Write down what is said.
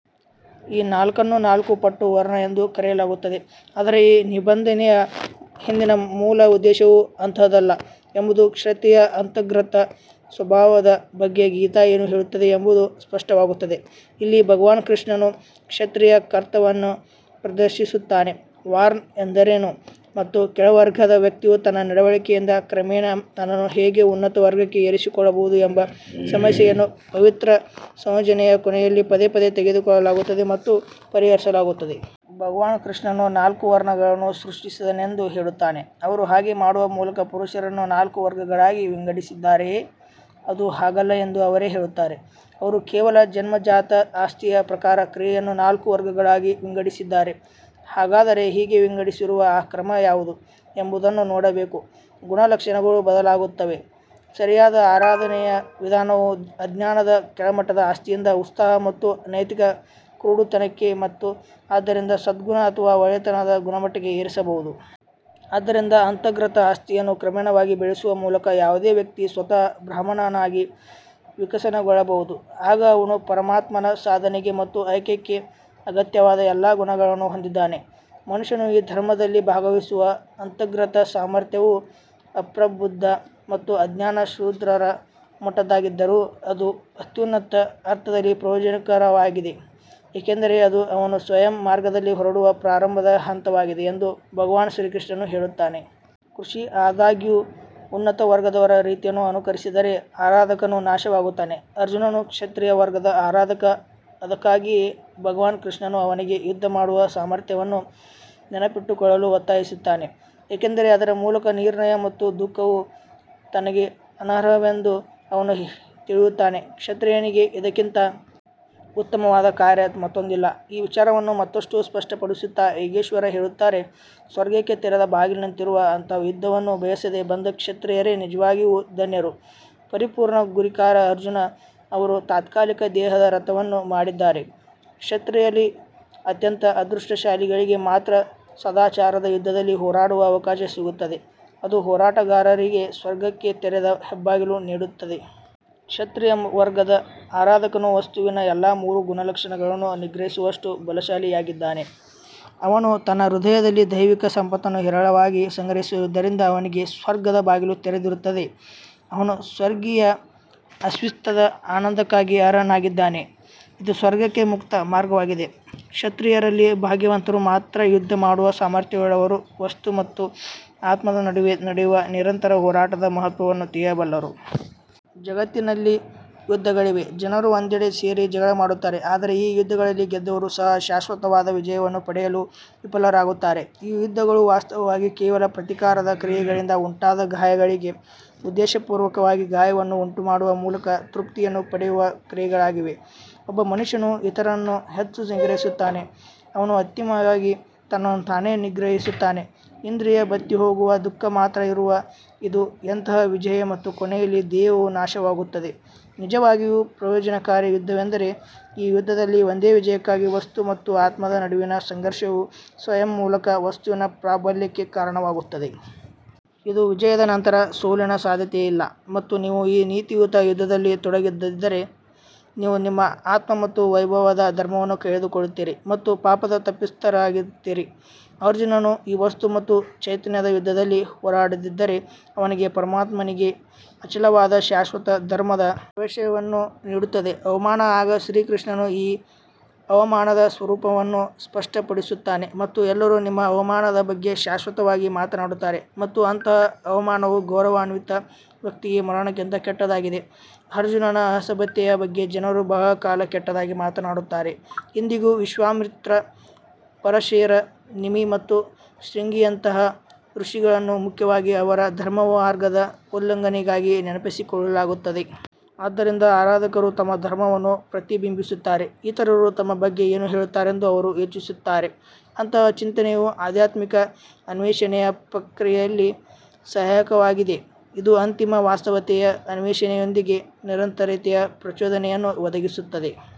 ಈ ನಾಲ್ಕನ್ನು ನಾಲ್ಕು ಪಟ್ಟು ವರ್ಣ ಎಂದು ಕರೆಯಲಾಗುತ್ತದೆ ಆದರೆ ಈ ನಿಬಂಧನೆಯ ಹಿಂದಿನ ಮೂಲ ಉದ್ದೇಶವು ಅಂತಹದ್ದಲ್ಲ ಎಂಬುದು ಕ್ಷತ್ರಿಯ ಅಂತರ್ಗತ ಸ್ವಭಾವದ ಬಗ್ಗೆ ಗೀತಾ ಏನು ಹೇಳುತ್ತದೆ ಎಂಬುದು ಸ್ಪಷ್ಟವಾಗುತ್ತದೆ. ಇಲ್ಲಿ ಭಗವಾನ್ ಕೃಷ್ಣನು ಕ್ಷತ್ರಿಯ ಕರ್ತವ್ಯವನ್ನು ಪ್ರದರ್ಶಿಸುತ್ತಾನೆ ವಾರ್ನ್ ಎಂದರೇನು ಮತ್ತು ಕೆಳವರ್ಗದ ವ್ಯಕ್ತಿಯು ತನ್ನ ನಡವಳಿಕೆಯಿಂದ ಕ್ರಮೇಣ ತನ್ನನ್ನು ಹೇಗೆ ಉನ್ನತ ವರ್ಗಕ್ಕೆ ಏರಿಸಿಕೊಳ್ಳಬಹುದು ಎಂಬ ಸಮಸ್ಯೆಯನ್ನು ಪವಿತ್ರ ಸಂಯೋಜನೆಯ ಕೊನೆಯಲ್ಲಿ ಪದೇ ಪದೇ ತೆಗೆದುಕೊಳ್ಳಲಾಗುತ್ತದೆ ಮತ್ತು ಪರಿಹರಿಸಲಾಗುತ್ತದೆ. ಭಗವಾನ್ ಕೃಷ್ಣನು ನಾಲ್ಕು ವರ್ಣಗಳನ್ನು ಸೃಷ್ಟಿಸಿದನೆಂದು ಹೇಳುತ್ತಾನೆ ಅವರು ಹಾಗೆ ಮಾಡುವ ಮೂಲಕ ಪುರುಷರನ್ನು ನಾಲ್ಕು ವರ್ಗಗಳಾಗಿ ವಿಂಗಡಿಸಿದ್ದಾರೆಯೇ? ಅದು ಹಾಗಲ್ಲ ಎಂದು ಅವರೇ ಹೇಳುತ್ತಾರೆ, ಅವರು ಕೇವಲ ಜನ್ಮಜಾತ ಆಸ್ತಿಯ ಪ್ರಕಾರ ಕ್ರಿಯೆಯನ್ನು ನಾಲ್ಕು ವರ್ಗಗಳಾಗಿ ವಿಂಗಡಿಸಿದ್ದಾರೆ ಹಾಗಾದರೆ ಹೀಗೆ ವಿಂಗಡಿಸಿರುವ ಆ ಕ್ರಮ ಯಾವುದು ಎಂಬುದನ್ನು ನೋಡಬೇಕು ಗುಣಲಕ್ಷಣಗಳು ಬದಲಾಗುತ್ತವೆ ಸರಿಯಾದ ಆರಾಧನೆಯ ವಿಧಾನವು ಅಜ್ಞಾನದ ಕೆಳಮಟ್ಟದ ಆಸ್ತಿಯಿಂದ ಉತ್ಸಾಹ ಮತ್ತು ನೈತಿಕ ಕುರುಡುತನಕ್ಕೆ ಮತ್ತು ಆದ್ದರಿಂದ ಸದ್ಗುಣ ಅಥವಾ ಒಳ್ಳೆಯತನದ ಗುಣಮಟ್ಟಕ್ಕೆ ಏರಿಸಬಹುದು. ಆದ್ದರಿಂದ ಅಂತರ್ಗತ ಆಸ್ತಿಯನ್ನು ಕ್ರಮೇಣವಾಗಿ ಬೆಳೆಸುವ ಮೂಲಕ ಯಾವುದೇ ವ್ಯಕ್ತಿ ಸ್ವತಃ ಬ್ರಾಹ್ಮಣನಾಗಿ ವಿಕಸನಗೊಳ್ಳಬಹುದು ಆಗ ಅವನು ಪರಮಾತ್ಮನ ಸಾಧನೆಗೆ ಮತ್ತು ಐಕ್ಯಕ್ಕೆ ಅಗತ್ಯವಾದ ಎಲ್ಲಾ ಗುಣಗಳನ್ನು ಹೊಂದಿದ್ದಾನೆ ಮನುಷ್ಯನು ಈ ಧರ್ಮದಲ್ಲಿ ಭಾಗವಹಿಸುವ ಅಂತರ್ಗತ ಸಾಮರ್ಥ್ಯವು ಅಪ್ರಬುದ್ಧ ಮತ್ತು ಅಜ್ಞಾನ ಶೂದ್ರರ ಮಟ್ಟದ್ದಾಗಿದ್ದರೂ ಅದು ಅತ್ಯುನ್ನತ ಅರ್ಥದಲ್ಲಿ ಪ್ರಯೋಜನಕಾರಿಯಾಗಿದೆ ಏಕೆಂದರೆ ಅದು ಅವನು ಸ್ವಯಂ ಮಾರ್ಗದಲ್ಲಿ ಹೊರಡುವ ಪ್ರಾರಂಭದ ಹಂತವಾಗಿದೆ ಎಂದು ಭಗವಾನ್ ಶ್ರೀಕೃಷ್ಣನು ಹೇಳುತ್ತಾನೆ. ಕೃಷಿ ಆದಾಗ್ಯೂ ಉನ್ನತ ವರ್ಗದವರ ರೀತಿಯನ್ನು ಅನುಕರಿಸಿದರೆ ಆರಾಧಕನು ನಾಶವಾಗುತ್ತಾನೆ ಅರ್ಜುನನು ಕ್ಷತ್ರಿಯ ವರ್ಗದ ಆರಾಧಕ ಅದಕ್ಕಾಗಿಯೇ ಭಗವಾನ್ ಕೃಷ್ಣನು ಅವನಿಗೆ ಯುದ್ಧ ಮಾಡುವ ಸಾಮರ್ಥ್ಯವನ್ನು ನೆನಪಿಟ್ಟುಕೊಳ್ಳಲು ಒತ್ತಾಯಿಸುತ್ತಾನೆ ಏಕೆಂದರೆ ಅದರ ಮೂಲಕ ನಿರ್ಣಯ ಮತ್ತು ದುಃಖವು ತನಗೆ ಅನರ್ಹವೆಂದು ಅವನು ತಿಳಿಯುತ್ತಾನೆ. ಕ್ಷತ್ರಿಯನಿಗೆ ಇದಕ್ಕಿಂತ ಉತ್ತಮವಾದ ಕಾರ್ಯ ಮತ್ತೊಂದಿಲ್ಲ ಈ ವಿಚಾರವನ್ನು ಮತ್ತಷ್ಟು ಸ್ಪಷ್ಟಪಡಿಸುತ್ತಾ ಯೋಗೇಶ್ವರ್ ಹೇಳುತ್ತಾರೆ ಸ್ವರ್ಗಕ್ಕೆ ತೆರೆದ ಬಾಗಿಲಿನಂತಿರುವ ಅಂತಹ ಯುದ್ಧವನ್ನು ಬಯಸದೆ ಬಂದ ಕ್ಷತ್ರಿಯರೇ ನಿಜವಾಗಿಯೂ ಧನ್ಯರು ಪರಿಪೂರ್ಣ ಗುರಿಕಾರ ಅರ್ಜುನ್ ಅವರು ತಾತ್ಕಾಲಿಕ ದೇಹದ ರಥವನ್ನು ಮಾಡಿದ್ದಾರೆ ಕ್ಷತ್ರಿಯರಲ್ಲಿ ಅತ್ಯಂತ ಅದೃಷ್ಟಶಾಲಿಗಳಿಗೆ ಮಾತ್ರ ಸದಾಚಾರದ ಯುದ್ಧದಲ್ಲಿ ಹೋರಾಡುವ ಅವಕಾಶ ಸಿಗುತ್ತದೆ, ಅದು ಹೋರಾಟಗಾರರಿಗೆ ಸ್ವರ್ಗಕ್ಕೆ ತೆರೆದ ಹೆಬ್ಬಾಗಿಲು ನೀಡುತ್ತದೆ. ಕ್ಷತ್ರಿಯ ವರ್ಗದ ಆರಾಧಕನು ವಸ್ತುವಿನ ಎಲ್ಲಾ ಮೂರು ಗುಣಲಕ್ಷಣಗಳನ್ನು ನಿಗ್ರಹಿಸುವಷ್ಟು ಬಲಶಾಲಿಯಾಗಿದ್ದಾನೆ ಅವನು ತನ್ನ ಹೃದಯದಲ್ಲಿ ದೈವಿಕ ಸಂಪತ್ತನ್ನು ಹೇರಳವಾಗಿ ಸಂಗ್ರಹಿಸಿರುವುದರಿಂದ ಅವನಿಗೆ ಸ್ವರ್ಗದ ಬಾಗಿಲು ತೆರೆದಿರುತ್ತದೆ ಅವನು ಸ್ವರ್ಗೀಯ ಅಸ್ತಿತ್ವದ ಆನಂದಕ್ಕಾಗಿ ಅರ್ಹನಾಗಿದ್ದಾನೆ ಇದು ಸ್ವರ್ಗಕ್ಕೆ ಮುಕ್ತ ಮಾರ್ಗವಾಗಿದೆ ಕ್ಷತ್ರಿಯರಲ್ಲಿ ಭಾಗ್ಯವಂತರು ಮಾತ್ರ ಯುದ್ಧ ಮಾಡುವ ಸಾಮರ್ಥ್ಯವುಳ್ಳವರು ವಸ್ತು ಮತ್ತು ಆತ್ಮದ ನಡುವೆ ನಡೆಯುವ ನಿರಂತರ ಹೋರಾಟದ ಮಹತ್ವವನ್ನು ತಿಳಿಯಬಲ್ಲರು. ಜಗತ್ತಿನಲ್ಲಿ ಯುದ್ಧಗಳಿವೆ ಜನರು ಒಂದೆಡೆ ಸೇರಿ ಜಗಳವಾಡುತ್ತಾರೆ ಆದರೆ ಈ ಯುದ್ಧಗಳಲ್ಲಿ ಗೆದ್ದವರು ಸಹ ಶಾಶ್ವತವಾದ ವಿಜಯವನ್ನು ಪಡೆಯಲು ವಿಫಲರಾಗುತ್ತಾರೆ ಈ ಯುದ್ಧಗಳು ವಾಸ್ತವವಾಗಿ ಕೇವಲ ಪ್ರತೀಕಾರದ ಕ್ರಿಯೆಗಳಿಂದ ಉಂಟಾದ ಗಾಯಗಳಿಗೆ ಉದ್ದೇಶಪೂರ್ವಕವಾಗಿ ಗಾಯವನ್ನು ಉಂಟುಮಾಡುವ ಮೂಲಕ ತೃಪ್ತಿಯನ್ನು ಪಡೆಯುವ ಕ್ರಿಯೆಗಳಾಗಿವೆ. ಒಬ್ಬ ಮನುಷ್ಯನು ಇತರರನ್ನು ಹೆಚ್ಚು ನಿಗ್ರಹಿಸುತ್ತಾನೆ, ಅವನು ಅಂತಿಮವಾಗಿ ತನ್ನನ್ನು ತಾನೇ ನಿಗ್ರಹಿಸುತ್ತಾನೆ ಇಂದ್ರಿಯ ಬತ್ತಿಹೋಗುವ ದುಃಖ ಮಾತ್ರ ಇರುವ ಇದು ಎಂತಹ ವಿಜಯ ಮತ್ತು ಕೊನೆಯಲ್ಲಿ ದೇಹವೂ ನಾಶವಾಗುತ್ತದೆ ನಿಜವಾಗಿಯೂ ಪ್ರಯೋಜನಕಾರಿ ಯುದ್ಧವೆಂದರೆ ಈ ಯುದ್ಧದಲ್ಲಿ ಒಂದೇ ವಿಜಯಕ್ಕಾಗಿ ವಸ್ತು ಮತ್ತು ಆತ್ಮದ ನಡುವಿನ ಸಂಘರ್ಷವು ಸ್ವಯಂ ಮೂಲಕ ವಸ್ತುವಿನ ಪ್ರಾಬಲ್ಯಕ್ಕೆ ಕಾರಣವಾಗುತ್ತದೆ. ಇದು ವಿಜಯದ ನಂತರ ಸೋಲಿನ ಸಾಧ್ಯತೆಯಿಲ್ಲ ಮತ್ತು ನೀವು ಈ ನೀತಿಯುತ ಯುದ್ಧದಲ್ಲಿ ತೊಡಗದಿದ್ದರೆ ನೀವು ನಿಮ್ಮ ಆತ್ಮ ಮತ್ತು ವೈಭವದ ಧರ್ಮವನ್ನು ಕಳೆದುಕೊಳ್ಳುತ್ತೀರಿ ಮತ್ತು ಪಾಪದ ತಪ್ಪಿತಸ್ಥರಾಗುತ್ತೀರಿ. ಅರ್ಜುನನು ಈ ವಸ್ತು ಮತ್ತು ಚೈತನ್ಯದ ಯುದ್ಧದಲ್ಲಿ ಹೋರಾಡದಿದ್ದರೆ, ಅವನಿಗೆ ಪರಮಾತ್ಮನಿಗೆ ಅಚಲವಾದ ಶಾಶ್ವತ ಧರ್ಮದ ಪ್ರವೇಶವನ್ನು ನೀಡುತ್ತದೆ ಅವಮಾನ ಆಗ ಶ್ರೀಕೃಷ್ಣನು ಈ ಅವಮಾನದ ಸ್ವರೂಪವನ್ನು ಸ್ಪಷ್ಟಪಡಿಸುತ್ತಾನೆ ಮತ್ತು ಎಲ್ಲರೂ ನಿಮ್ಮ ಅವಮಾನದ ಬಗ್ಗೆ ಶಾಶ್ವತವಾಗಿ ಮಾತನಾಡುತ್ತಾರೆ ಮತ್ತು ಅಂತಹ ಅವಮಾನವು ಗೌರವಾನ್ವಿತ ವ್ಯಕ್ತಿಗೆ ಮರಣಕ್ಕಿಂತ ಕೆಟ್ಟದಾಗಿದೆ ಅರ್ಜುನನ ಅಸಭ್ಯತೆಯ ಬಗ್ಗೆ ಜನರು ಬಹಳ ಕಾಲ ಕೆಟ್ಟದಾಗಿ ಮಾತನಾಡುತ್ತಾರೆ ಇಂದಿಗೂ ವಿಶ್ವಾಮಿತ್ರ ಪರಶೇರ್ ನಿಮಿ ಮತ್ತು ಶೃಂಗಿಯಂತಹ ಋಷಿಗಳನ್ನು ಮುಖ್ಯವಾಗಿ ಅವರ ಧರ್ಮಮಾರ್ಗದ ಉಲ್ಲಂಘನೆಗಾಗಿ ನೆನಪಿಸಿಕೊಳ್ಳಲಾಗುತ್ತದೆ. ಆದ್ದರಿಂದ ಆರಾಧಕರು ತಮ್ಮ ಧರ್ಮವನ್ನು ಪ್ರತಿಬಿಂಬಿಸುತ್ತಾರೆ ಇತರರು ತಮ್ಮ ಬಗ್ಗೆ ಏನು ಹೇಳುತ್ತಾರೆಂದು ಅವರು ಯೋಚಿಸುತ್ತಾರೆ ಅಂತಹ ಚಿಂತನೆಯು ಆಧ್ಯಾತ್ಮಿಕ ಅನ್ವೇಷಣೆಯ ಪ್ರಕ್ರಿಯೆಯಲ್ಲಿ ಸಹಾಯಕವಾಗಿದೆ ಇದು ಅಂತಿಮ ವಾಸ್ತವತೆಯ ಅನ್ವೇಷಣೆಯೊಂದಿಗೆ ನಿರಂತರತೆಯ ಪ್ರಚೋದನೆಯನ್ನು ಒದಗಿಸುತ್ತದೆ.